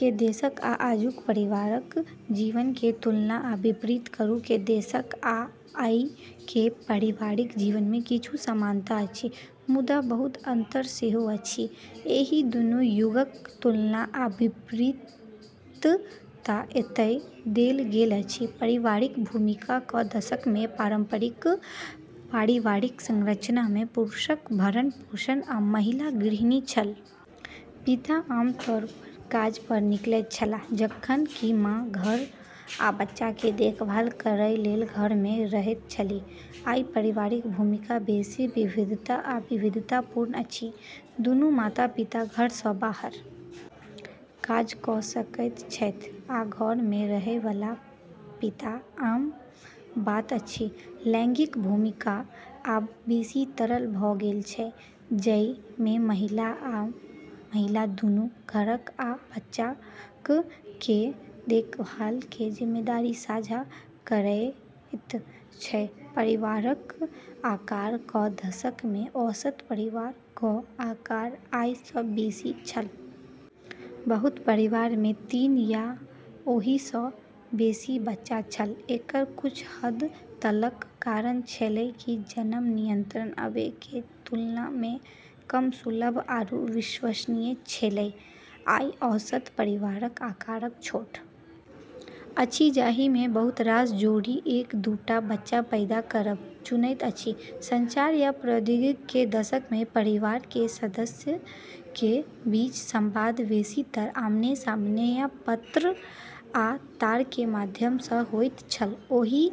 के दशक आ आजुक पारिवारिक जीवन के तुलना आ विपरीत करू, के दशक आ आइ के पारिवारिक जीवन में किछु समानता अछि मुदा बहुत अंतर सेहो अछि। एहि दुनू युगक तुलना आ विपरीतता एतय देल गेल अछि, पारिवारिक भूमिका क दशक मे पारंपरिक पारिवारिक संरचना मे पुरुषक भरण-पोषण आ महिला गृहिणी छल। पिता आमतौर पर काज पर निकलैत छलाह जखन कि मां घर आ बच्चाक देखभाल करय लेल घर मे रहैत छलीह, आइ पारिवारिक भूमिका बेसी विविधता आ विविधतापूर्ण अछि। दुनू माता-पिता घर सं बाहर काज क सकैत छथि आ घर मे रहय वाला पिता आम बात अछि, लैंगिक भूमिका आब बेसि तरल भ गेल छै, जइ मे महिला आ महिला दूनू घरक आ बच्चाक कें देखभाल कें जिम्मेदारी साझा करएयत छै, परिवारक आकार क दशक मे औसत परिवार क आकार आइ स बेसी छल। बहुतो परिवार मे तीन या ओहि स बेसी बच्चा छल, एकरऽ कुछ हद तलक कारण छेलै कि जन्म नियंत्रण अबे के तुलना मे कम सुलभ आरू विश्वसनीय छेलै। आइ औसत परिवारक आकार छोट अछि जाहि मे बहुत रास जोड़ी एक-दूटा बच्चा पैदा करब चुनैत अछि, संचार आ प्रौद्योगिकी के दशक में परिवार के सदस्य के बीच संवाद बेसीतर आमने-सामने या पत्र आ तार के माध्यम सं होइत छल ओहि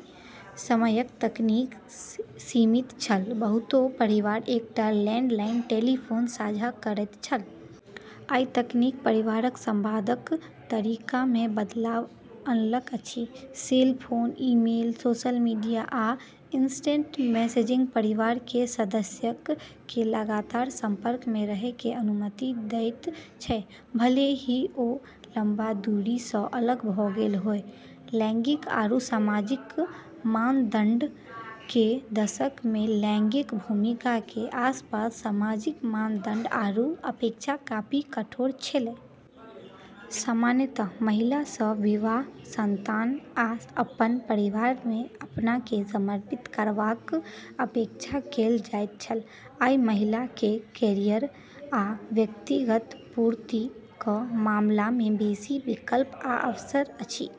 समयक तकनीक सीमित छल, बहुतो परिवार एकटा लैंडलाइन टेलीफोन साझा करैत छल। आइ तकनीक परिवारक संवादक तरीका मे बदलाव अनलक अछि। Cell phone, email, social media आ इंस्टेंट मैसेजिंग परिवार कें सदस्यक कें लगातार संपर्क मे रहय कें अनुमति देयत छै, भले ही ओ लंबा दूरी सं अलग भ गेल होय, लैंगिक आरू सामाजिक मानदंड के दशक मे लैंगिक भूमिका के आसपास सामाजिक मानदंड आरू अपेक्षा काफी कठोर छेलै। सामान्यतः महिला सँ विवाह, संतान आ अपन परिवार मे अपना केँ समर्पित करबाक अपेक्षा कयल जाइत छल आइ महिला कए कैरियर आ व्यक्तिगत पूर्ति क मामला मे बेसी विकल्प आ अवसर अछि।